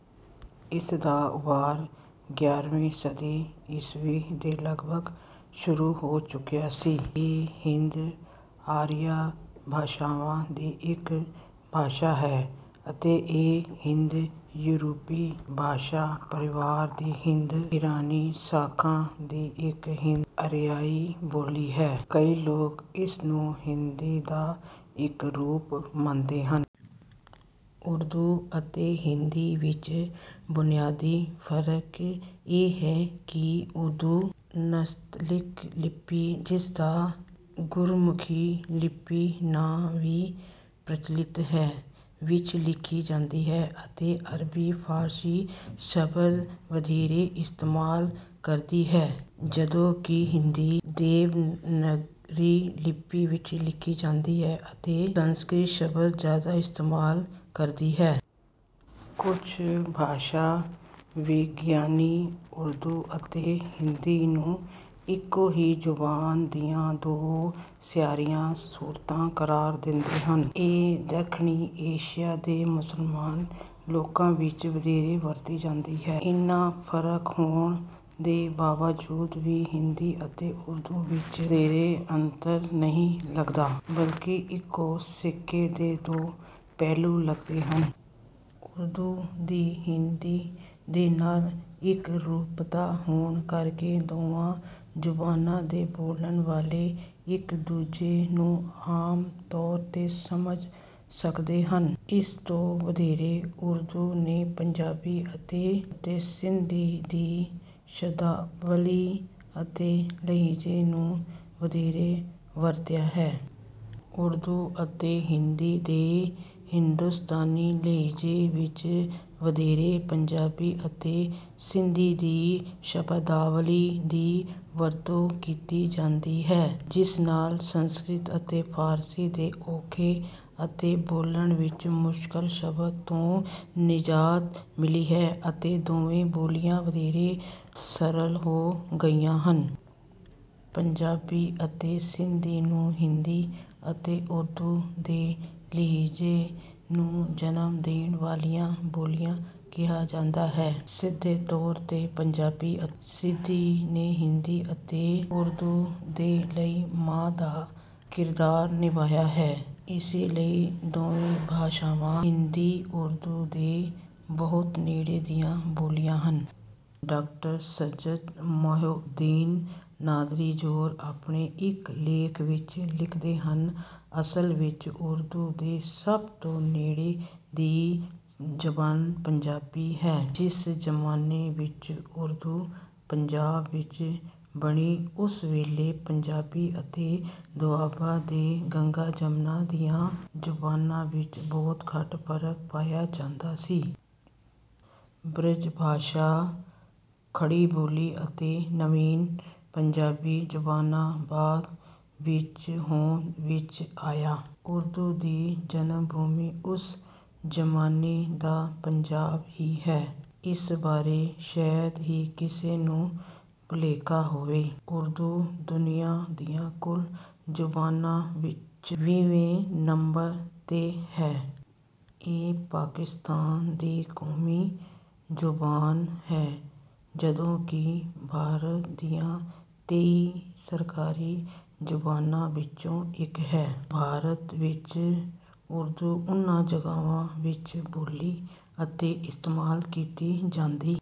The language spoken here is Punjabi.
ਇਸ ਦਾ ਉਭਾਰ ਗਿਆਰ੍ਹਵੀਂ ਸਦੀ ਈਸਵੀ ਦੇ ਲਗਭਗ ਸ਼ੁਰੂ ਹੋ ਚੁੱਕਿਆ ਸੀ। ਇਹ ਹਿੰਦ-ਆਰੀਆ ਭਾਸ਼ਾਵਾਂ ਦੀ ਇੱਕ ਭਾਸ਼ਾ ਹੈ ਅਤੇ ਇਹ ਹਿੰਦ-ਯੂਰਪੀ ਭਾਸ਼ਾ-ਪਰਿਵਾਰ ਦੀ ਹਿੰਦ-ਇਰਾਨੀ ਸ਼ਾਖਾ ਦੀ ਇੱਕ ਹਿੰਦ-ਆਰੀਆਈ ਬੋਲੀ ਹੈ। ਕਈ ਲੋਕ ਇਸਨੂੰ ਹਿੰਦੀ ਦਾ ਇੱਕ ਰੂਪ ਮੰਨਦੇ ਹਨ। ਉਰਦੂ ਅਤੇ ਹਿੰਦੀ ਵਿੱਚ ਬੁਨਿਆਦੀ ਫ਼ਰਕ ਇਹ ਹੈ ਕਿ ਉਰਦੂ ਨਸਤਾਲੀਕ ਲਿਪੀ, ਜਿਸਦਾ ਸ਼ਾਹਮੁਖੀ ਲਿਪੀ ਨਾਂ ਵੀ ਪ੍ਰਚਲਿਤ ਹੈ, ਵਿੱਚ ਲਿਖੀ ਜਾਂਦੀ ਹੈ ਅਤੇ ਅਰਬੀ-ਫ਼ਾਰਸੀ ਸ਼ਬਦ ਵਧੇਰੇ ਇਸਤੇਮਾਲ ਕਰਦੀ ਹੈ। ਜਦੋਂ ਕਿ ਹਿੰਦੀ ਦੇਵਨਾਗਰੀ ਲਿਪੀ ਵਿੱਚ ਲਿਖੀ ਜਾਂਦੀ ਹੈ ਅਤੇ ਸੰਸਕ੍ਰਿਤ ਸ਼ਬਦ ਜ਼ਿਆਦਾ ਇਸਤੇਮਾਲ ਕਰਦੀ ਹੈ। ਕੁਝ ਭਾਸ਼ਾ-ਵਿਗਿਆਨੀ ਉਰਦੂ ਅਤੇ ਹਿੰਦੀ ਨੂੰ ਇੱਕੋ ਹੀ ਜ਼ੁਬਾਨ ਦੀਆਂ ਦੋ ਮਿਆਰੀ ਸੂਰਤਾਂ ਕਰਾਰ ਦਿੰਦੇ ਹਨ। ਇਹ ਦੱਖਣੀ ਏਸ਼ੀਆ ਦੇ ਮੁਸਲਮਾਨ ਲੋਕਾਂ ਵਿੱਚ ਵਧੇਰੇ ਵਰਤੀ ਜਾਂਦੀ ਹੈ। ਇੰਨਾ ਫ਼ਰਕ ਹੋਣ ਦੇ ਬਾਵਜੂਦ ਵੀ ਹਿੰਦੀ ਅਤੇ ਉਰਦੂ ਵਿੱਚ ਵਧੇਰੇ ਅੰਤਰ ਨਹੀਂ ਲਗਦਾ, ਬਲਕਿ ਇੱਕੋ ਸਿੱਕੇ ਦੇ ਦੋ ਪਹਿਲੂ ਲਗਦੇ ਹਨ। ਉਰਦੂ ਦੀ ਹਿੰਦੀ ਦੇ ਨਾਲ ਇੱਕਰੂਪਤਾ ਹੋਣ ਕਰਕੇ, ਦੋਵਾਂ ਜ਼ਬਾਨਾਂ ਦੇ ਬੋਲਣ ਵਾਲੇ ਇੱਕ ਦੂਜੇ ਨੂੰ ਆਮ ਤੌਰ 'ਤੇ ਸਮਝ ਸਕਦੇ ਹਨ। ਇਸ ਤੋਂ ਵਧੇਰੇ ਉਰਦੂ ਨੇ ਪੰਜਾਬੀ ਅਤੇ ਸਿੰਧੀ ਦੀ ਸ਼ਬਦਾਵਲੀ ਅਤੇ ਲਹਿਜੇ ਨੂੰ ਵਧੇਰੇ ਵਰਤਿਆ ਹੈ। ਉਰਦੂ ਅਤੇ ਹਿੰਦੀ ਦੇ ਹਿੰਦੁਸਤਾਨੀ ਲਹਿਜੇ ਵਿੱਚ ਵਧੇਰੇ ਪੰਜਾਬੀ ਅਤੇ ਸਿੰਧੀ ਦੀ ਸ਼ਬਦਾਵਲੀ ਦੀ ਵਰਤੋਂ ਕੀਤੀ ਜਾਂਦੀ ਹੈ, ਜਿਸ ਨਾਲ ਸੰਸਕ੍ਰਿਤ ਅਤੇ ਫ਼ਾਰਸੀ ਦੇ ਔਖੇ ਅਤੇ ਬੋਲਣ ਵਿੱਚ ਮੁਸ਼ਕਲ ਸ਼ਬਦਾਂ ਤੋਂ ਨਿਜਾਤ ਮਿਲੀ ਹੈ, ਅਤੇ ਦੋਵੇਂ ਬੋਲੀਆਂ ਵਧੇਰੇ ਸਰਲ ਹੋ ਗਈਆਂ ਹਨ। ਪੰਜਾਬੀ ਅਤੇ ਸਿੰਧੀ ਨੂੰ ਹਿੰਦੀ ਅਤੇ ਉਰਦੂ ਦੇ ਲਹਿਜੇ ਨੂੰ ਜਨਮ ਦੇਣ ਵਾਲੀਆਂ ਬੋਲੀਆਂ ਕਿਹਾ ਜਾਂਦਾ ਹੈ। ਸਿੱਧੇ ਤੌਰ 'ਤੇ ਪੰਜਾਬੀ ਅਤੇ ਸਿੰਧੀ ਨੇ ਹਿੰਦੀ ਅਤੇ ਉਰਦੂ ਦੇ ਲਈ ਮਾਂ ਦਾ ਕਿਰਦਾਰ ਨਿਭਾਇਆ ਹੈ, ਇਸੇ ਲਈ ਦੋਵੇਂ ਭਾਸ਼ਾਵਾਂ ਹਿੰਦੀ-ਉਰਦੂ ਦੇ ਬਹੁਤ ਨੇੜੇ ਦੀਆਂ ਬੋਲੀਆਂ ਹਨ। ਡਾ. ਸੱਯਦ ਮੁਹੀਉਦੀਨ ਕ਼ਾਦਰੀ ਜ਼ੋਰ ਆਪਣੇ ਇੱਕ ਲੇਖ ਵਿੱਚ ਲਿਖਦੇ ਹਨ: ਅਸਲ ਵਿੱਚ ਉਰਦੂ ਦੇ ਸਭ ਤੋਂ ਨੇੜੇ ਦੀ ਜ਼ਬਾਨ ਪੰਜਾਬੀ ਹੈ। ਜਿਸ ਜ਼ਮਾਨੇ ਵਿੱਚ ਉਰਦੂ ਪੰਜਾਬ ਵਿੱਚ ਬਣੀ ਉਸ ਵੇਲੇ ਪੰਜਾਬੀ ਅਤੇ ਦੁਆਬਾ ਤੇ ਗੰਗਾ-ਜਮਨਾ ਦੀਆਂ ਜ਼ਬਾਨਾਂ ਵਿੱਚ ਬਹੁਤ ਘੱਟ ਫ਼ਰਕ ਪਾਇਆ ਜਾਂਦਾ ਸੀ। ਬ੍ਰਜ ਭਾਸ਼ਾ, ਖੜੀ ਬੋਲੀ ਅਤੇ ਨਵੀਨ ਪੰਜਾਬੀ ਜ਼ਬਾਨਾਂ ਬਾਅਦ ਵਿੱਚ ਹੋਂਦ ਵਿੱਚ ਆਈਆਂ। ਉਰਦੂ ਦੀ ਜਨਮ ਭੂਮੀ ਉਸ ਜ਼ਮਾਨੇ ਦਾ ਪੰਜਾਬ ਹੀ ਹੈ, ਇਸ ਬਾਰੇ ਸ਼ਾਇਦ ਹੀ ਕਿਸੇ ਨੂੰ ਭੁਲੇਖਾ ਹੋਵੇ। ਉਰਦੂ ਦੁਨੀਆ ਦੀਆਂ ਕੁੱਲ ਜ਼ੁਬਾਨਾਂ ਵਿੱਚ ਵੀਹਵੇਂ ਨੰਬਰ 'ਤੇ ਹੈ। ਇਹ ਪਾਕਿਸਤਾਨ ਦੀ ਕੌਮੀ ਜ਼ੁਬਾਨ ਹੈ, ਜਦੋਂ ਕਿ ਭਾਰਤ ਦੀਆਂ ਤੇਈ ਸਰਕਾਰੀ ਜ਼ੁਬਾਨਾਂ ਵਿੱਚੋਂ ਇੱਕ ਹੈ। ਭਾਰਤ ਵਿੱਚ, ਉਰਦੂ ਉਨ੍ਹਾਂ ਜਗ੍ਹਾਵਾਂ ਵਿੱਚ ਬੋਲੀ ਅਤੇ ਇਸਤੇਮਾਲ ਕੀਤੀ ਜਾਂਦੀ